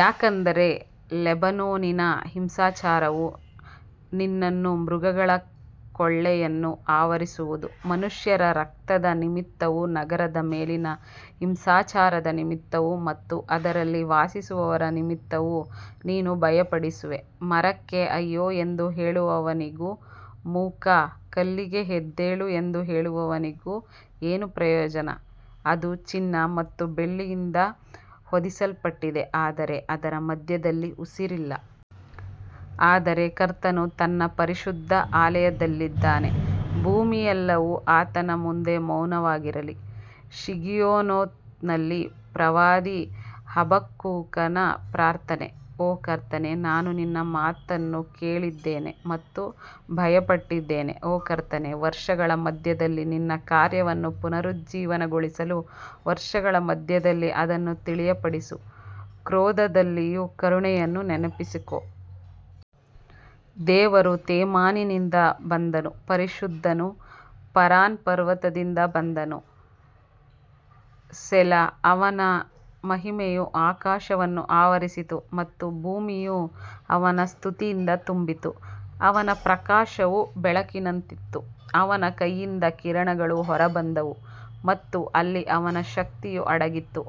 ಯಾಕಂದರೆ ಲೆಬನೋನಿನ ಹಿಂಸಾಚಾರವು ನಿನ್ನನ್ನೂ ಮೃಗಗಳ ಕೊಳ್ಳೆಯನ್ನೂ ಆವರಿಸುವುದು, ಮನುಷ್ಯರ ರಕ್ತದ ನಿಮಿತ್ತವೂ ನಗರದ ಮೇಲಿನ ಹಿಂಸಾಚಾರದ ನಿಮಿತ್ತವೂ ಮತ್ತು ಅದರಲ್ಲಿ ವಾಸಿಸುವವರ ನಿಮಿತ್ತವೂ ನೀನು ಭಯಪಡಿಸುವೆ. ಮರಕ್ಕೆ ಅಯ್ಯೋ ಎಂದು ಹೇಳುವವನಿಗೂ, ಮೂಕ ಕಲ್ಲಿಗೆ ಎದ್ದೇಳು ಎಂದು ಹೇಳುವವನಿಗೂ ಏನು ಪ್ರಯೋಜನ? ಅದು ಚಿನ್ನ ಮತ್ತು ಬೆಳ್ಳಿಯಿಂದ ಹೊದಿಸಲ್ಪಟ್ಟಿದೆ, ಆದರೆ ಅದರ ಮಧ್ಯದಲ್ಲಿ ಉಸಿರಿಲ್ಲ. ಆದರೆ ಕರ್ತನು ತನ್ನ ಪರಿಶುದ್ಧ ಆಲಯದಲ್ಲಿದ್ದಾನೆ, ಭೂಮಿಯೆಲ್ಲವೂ ಆತನ ಮುಂದೆ ಮೌನವಾಗಿರಲಿ. ಶಿಗಿಯೋನೋತ್‌ನಲ್ಲಿ ಪ್ರವಾದಿ ಹಬಕ್ಕೂಕನ ಪ್ರಾರ್ಥನೆ. ಓ ಕರ್ತನೇ, ನಾನು ನಿನ್ನ ಮಾತನ್ನು ಕೇಳಿದ್ದೇನೆ ಮತ್ತು ಭಯಪಟ್ಟಿದ್ದೇನೆ. ಓ ಕರ್ತನೇ, ವರ್ಷಗಳ ಮಧ್ಯದಲ್ಲಿ ನಿನ್ನ ಕಾರ್ಯವನ್ನು ಪುನರುಜ್ಜೀವನಗೊಳಿಸು, ವರ್ಷಗಳ ಮಧ್ಯದಲ್ಲಿ ಅದನ್ನು ತಿಳಿಯಪಡಿಸು. ಕ್ರೋಧದಲ್ಲಿಯೂ ಕರುಣೆಯನ್ನು ನೆನಪಿಸಿಕೋ. ದೇವರು ತೇಮಾನಿನಿಂದ ಬಂದನು, ಪರಿಶುದ್ಧನು ಪರಾನ್ ಪರ್ವತದಿಂದ ಬಂದನು. ಸೆಲಾ. ಅವನ ಮಹಿಮೆಯು ಆಕಾಶವನ್ನು ಆವರಿಸಿತು ಮತ್ತು ಭೂಮಿಯು ಅವನ ಸ್ತುತಿಯಿಂದ ತುಂಬಿತು. ಅವನ ಪ್ರಕಾಶವು ಬೆಳಕಿನಂತಿತ್ತು, ಅವನ ಕೈಯಿಂದ ಕಿರಣಗಳು ಹೊರಬಂದವು ಮತ್ತು ಅಲ್ಲಿ ಅವನ ಶಕ್ತಿಯು ಅಡಗಿತ್ತು.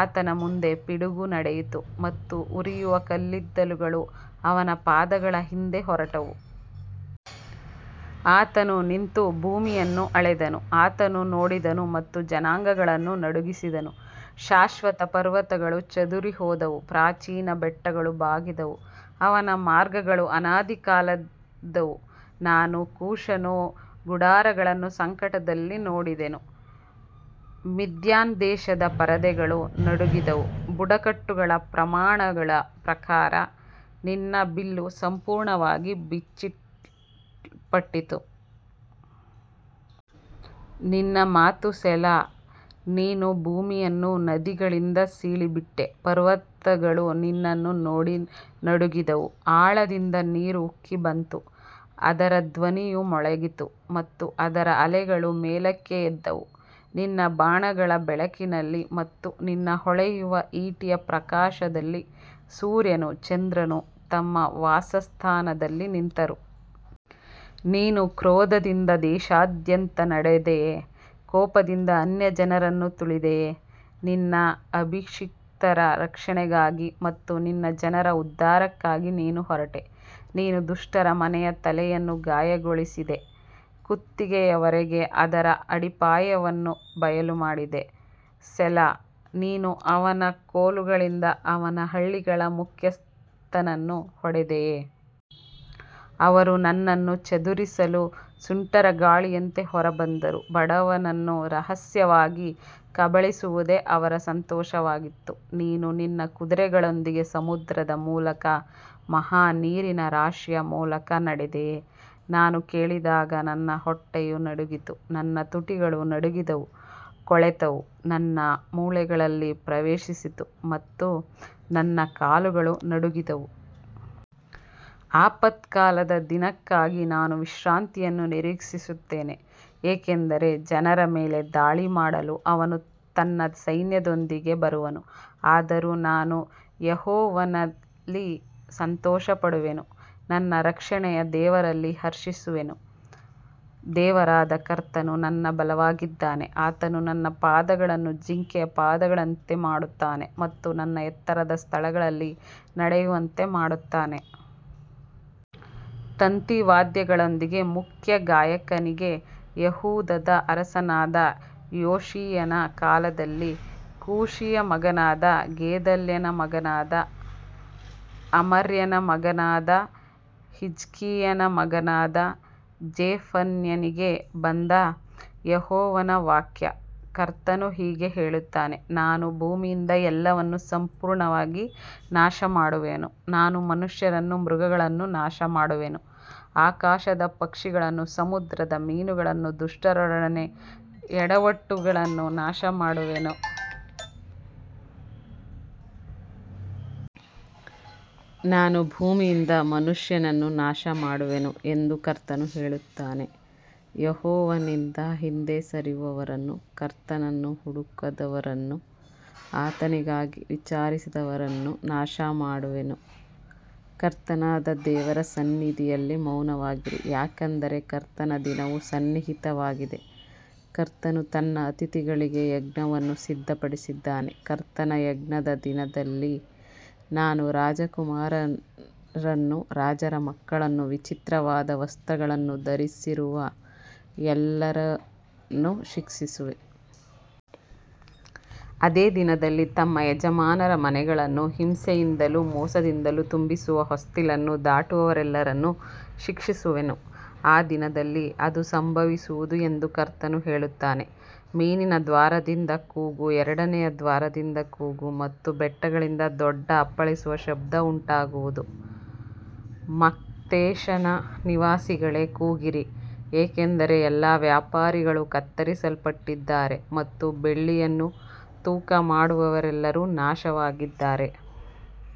ಆತನ ಮುಂದೆ ಪಿಡುಗು ನಡೆಯಿತು ಮತ್ತು ಉರಿಯುವ ಕಲ್ಲಿದ್ದಲುಗಳು ಅವನ ಪಾದಗಳ ಹಿಂದೆ ಹೊರಟವು. ಆತನು ನಿಂತು ಭೂಮಿಯನ್ನು ಅಳೆದನು, ಆತನು ನೋಡಿದನು ಮತ್ತು ಜನಾಂಗಗಳನ್ನು ನಡುಗಿಸಿದನು. ಶಾಶ್ವತ ಪರ್ವತಗಳು ಚದುರಿಹೋದವು, ಪ್ರಾಚೀನ ಬೆಟ್ಟಗಳು ಬಾಗಿದವು. ಅವನ ಮಾರ್ಗಗಳು ಅನಾದಿಕಾಲದವು. ನಾನು ಕೂಷನ ಗುಡಾರಗಳನ್ನು ಸಂಕಟದಲ್ಲಿ ನೋಡಿದೆನು, ಮಿದ್ಯಾನ್ ದೇಶದ ಪರದೆಗಳು ನಡುಗಿದವು. ಬುಡಕಟ್ಟುಗಳ ಪ್ರಮಾಣಗಳ ಪ್ರಕಾರ ನಿನ್ನ ಬಿಲ್ಲು ಸಂಪೂರ್ಣವಾಗಿ ಬಿಚ್ಚಲ್ಪಟ್ಟಿತು. ನಿನ್ನ ಮಾತು ಸೆಲಾ. ನೀನು ಭೂಮಿಯನ್ನು ನದಿಗಳಿಂದ ಸೀಳಿಬಿಟ್ಟೆ. ಪರ್ವತಗಳು ನಿನ್ನನ್ನು ನೋಡಿ ನಡುಗಿದವು, ಆಳದಿಂದ ನೀರು ಉಕ್ಕಿಬಂತು, ಅದರ ಧ್ವನಿಯು ಮೊಳಗಿತು ಮತ್ತು ಅದರ ಅಲೆಗಳು ಮೇಲಕ್ಕೆ ಎದ್ದವು. ನಿನ್ನ ಬಾಣಗಳ ಬೆಳಕಿನಲ್ಲಿ ಮತ್ತು ನಿನ್ನ ಹೊಳೆಯುವ ಈಟಿಯ ಪ್ರಕಾಶದಲ್ಲಿ ಸೂರ್ಯನೂ ಚಂದ್ರನೂ ತಮ್ಮ ವಾಸಸ್ಥಾನದಲ್ಲಿ ನಿಂತರು. ನೀನು ಕ್ರೋಧದಿಂದ ದೇಶದಾದ್ಯಂತ ನಡೆದೆಯೆ, ಕೋಪದಿಂದ ಅನ್ಯಜನರನ್ನು ತುಳಿದೆಯೆ. ನಿನ್ನ ಅಭಿಷಿಕ್ತರ ರಕ್ಷಣೆಗಾಗಿ ಮತ್ತು ನಿನ್ನ ಜನರ ಉದ್ಧಾರಕ್ಕಾಗಿ ನೀನು ಹೊರಟೆ. ನೀನು ದುಷ್ಟರ ಮನೆಯ ತಲೆಯನ್ನು ಗಾಯಗೊಳಿಸಿದೆ, ಕುತ್ತಿಗೆಯವರೆಗೆ ಅದರ ಅಡಿಪಾಯವನ್ನು ಬಯಲುಮಾಡಿದೆ. ಸೆಲಾ. ನೀನು ಅವನ ಕೋಲುಗಳಿಂದ ಅವನ ಹಳ್ಳಿಗಳ ಮುಖ್ಯಸ್ಥನನ್ನು ಹೊಡೆದೆಯೆ. ಅವರು ನನ್ನನ್ನು ಚದುರಿಸಲು ಸುಂಟರಗಾಳಿಯಂತೆ ಹೊರಬಂದರು, ಬಡವನನ್ನು ರಹಸ್ಯವಾಗಿ ಕಬಳಿಸುವುದೇ ಅವರ ಸಂತೋಷವಾಗಿತ್ತು. ನೀನು ನಿನ್ನ ಕುದುರೆಗಳೊಂದಿಗೆ ಸಮುದ್ರದ ಮೂಲಕ, ಮಹಾ ನೀರಿನ ರಾಶಿಯ ಮೂಲಕ ನಡೆದೆಯೆ. ನಾನು ಕೇಳಿದಾಗ ನನ್ನ ಹೊಟ್ಟೆಯು ನಡುಗಿತು, ನನ್ನ ತುಟಿಗಳು ನಡುಗಿದವು. ಕೊಳೆತವು ನನ್ನ ಮೂಳೆಗಳಲ್ಲಿ ಪ್ರವೇಶಿಸಿತು ಮತ್ತು ನನ್ನ ಕಾಲುಗಳು ನಡುಗಿದವು. ಆಪತ್ಕಾಲದ ದಿನಕ್ಕಾಗಿ ನಾನು ವಿಶ್ರಾಂತಿಯನ್ನು ನಿರೀಕ್ಷಿಸುತ್ತೇನೆ, ಏಕೆಂದರೆ ಜನರ ಮೇಲೆ ದಾಳಿ ಮಾಡಲು ಅವನು ತನ್ನ ಸೈನ್ಯದೊಂದಿಗೆ ಬರುವನು. ಆದರೂ ನಾನು ಯೆಹೋವನಲ್ಲಿ ಸಂತೋಷಪಡುವೆನು, ನನ್ನ ರಕ್ಷಣೆಯ ದೇವರಲ್ಲಿ ಹರ್ಷಿಸುವೆನು. ದೇವರಾದ ಕರ್ತನು ನನ್ನ ಬಲವಾಗಿದ್ದಾನೆ. ಆತನು ನನ್ನ ಪಾದಗಳನ್ನು ಜಿಂಕೆಯ ಪಾದಗಳಂತೆ ಮಾಡುತ್ತಾನೆ ಮತ್ತು ನನ್ನ ಎತ್ತರದ ಸ್ಥಳಗಳಲ್ಲಿ ನಡೆಯುವಂತೆ ಮಾಡುತ್ತಾನೆ. ತಂತಿವಾದ್ಯಗಳೊಂದಿಗೆ ಮುಖ್ಯ ಗಾಯಕನಿಗೆ. ಯೆಹೂದದ ಅರಸನಾದ ಯೋಷೀಯನ ಕಾಲದಲ್ಲಿ ಕೂಶಿಯ ಮಗನಾದ ಗೆದಲ್ಯನ ಮಗನಾದ ಅಮರ್ಯನ ಮಗನಾದ ಹಿಜ್ಕೀಯನ ಮಗನಾದ ಜೆಫನ್ಯನಿಗೆ ಬಂದ ಯೆಹೋವನ ವಾಕ್ಯ. ಕರ್ತನು ಹೀಗೆ ಹೇಳುತ್ತಾನೆ, ನಾನು ಭೂಮಿಯಿಂದ ಎಲ್ಲವನ್ನೂ ಸಂಪೂರ್ಣವಾಗಿ ನಾಶಮಾಡುವೆನು. ನಾನು ಮನುಷ್ಯರನ್ನೂ ಮೃಗಗಳನ್ನೂ ನಾಶಮಾಡುವೆನು. ಆಕಾಶದ ಪಕ್ಷಿಗಳನ್ನೂ ಸಮುದ್ರದ ಮೀನುಗಳನ್ನೂ ದುಷ್ಟರೊಡನೆ ಎಡವಟ್ಟುಗಳನ್ನೂ ನಾಶಮಾಡುವೆನು. ನಾನು ಭೂಮಿಯಿಂದ ಮನುಷ್ಯನನ್ನು ನಾಶಮಾಡುವೆನು ಎಂದು ಕರ್ತನು ಹೇಳುತ್ತಾನೆ. ಯೆಹೋವನಿಂದ ಹಿಂದೆ ಸರಿಯುವವರನ್ನೂ ಕರ್ತನನ್ನು ಹುಡುಕದವರನ್ನೂ ಆತನಿಗಾಗಿ ವಿಚಾರಿಸದವರನ್ನೂ ನಾಶಮಾಡುವೆನು. ಕರ್ತನಾದ ದೇವರ ಸನ್ನಿಧಿಯಲ್ಲಿ ಮೌನವಾಗಿರಿ, ಯಾಕಂದರೆ ಕರ್ತನ ದಿನವು ಸನ್ನಿಹಿತವಾಗಿದೆ. ಕರ್ತನು ತನ್ನ ಅತಿಥಿಗಳಿಗೆ ಯಜ್ಞವನ್ನು ಸಿದ್ಧಪಡಿಸಿದ್ದಾನೆ. ಕರ್ತನ ಯಜ್ಞದ ದಿನದಲ್ಲಿ ನಾನು ರಾಜಕುಮಾರರನ್ನೂ ರಾಜರ ಮಕ್ಕಳನ್ನೂ ವಿಚಿತ್ರವಾದ ವಸ್ತ್ರಗಳನ್ನು ಧರಿಸಿರುವ ಎಲ್ಲರನ್ನೂ ಶಿಕ್ಷಿಸುವೆನು. ಅದೇ ದಿನದಲ್ಲಿ ತಮ್ಮ ಯಜಮಾನರ ಮನೆಗಳನ್ನು ಹಿಂಸೆಯಿಂದಲೂ ಮೋಸದಿಂದಲೂ ತುಂಬಿಸುವ ಹೊಸ್ತಿಲನ್ನು ದಾಟುವವರೆಲ್ಲರನ್ನೂ ಶಿಕ್ಷಿಸುವೆನು. ಆ ದಿನದಲ್ಲಿ ಅದು ಸಂಭವಿಸುವುದು ಎಂದು ಕರ್ತನು ಹೇಳುತ್ತಾನೆ. ಮೀನಿನ ದ್ವಾರದಿಂದ ಕೂಗು, ಎರಡನೆಯ ದ್ವಾರದಿಂದ ಕೂಗು ಮತ್ತು ಬೆಟ್ಟಗಳಿಂದ ದೊಡ್ಡ ಅಪ್ಪಳಿಸುವ ಶಬ್ದ ಉಂಟಾಗುವುದು. ಮಕ್ತೇಶನ ನಿವಾಸಿಗಳೇ, ಕೂಗಿರಿ, ಏಕೆಂದರೆ ಎಲ್ಲಾ ವ್ಯಾಪಾರಿಗಳು ಕತ್ತರಿಸಲ್ಪಟ್ಟಿದ್ದಾರೆ ಮತ್ತು ಬೆಳ್ಳಿಯನ್ನು ತೂಕಮಾಡುವವರೆಲ್ಲರೂ ನಾಶವಾಗಿದ್ದಾರೆ.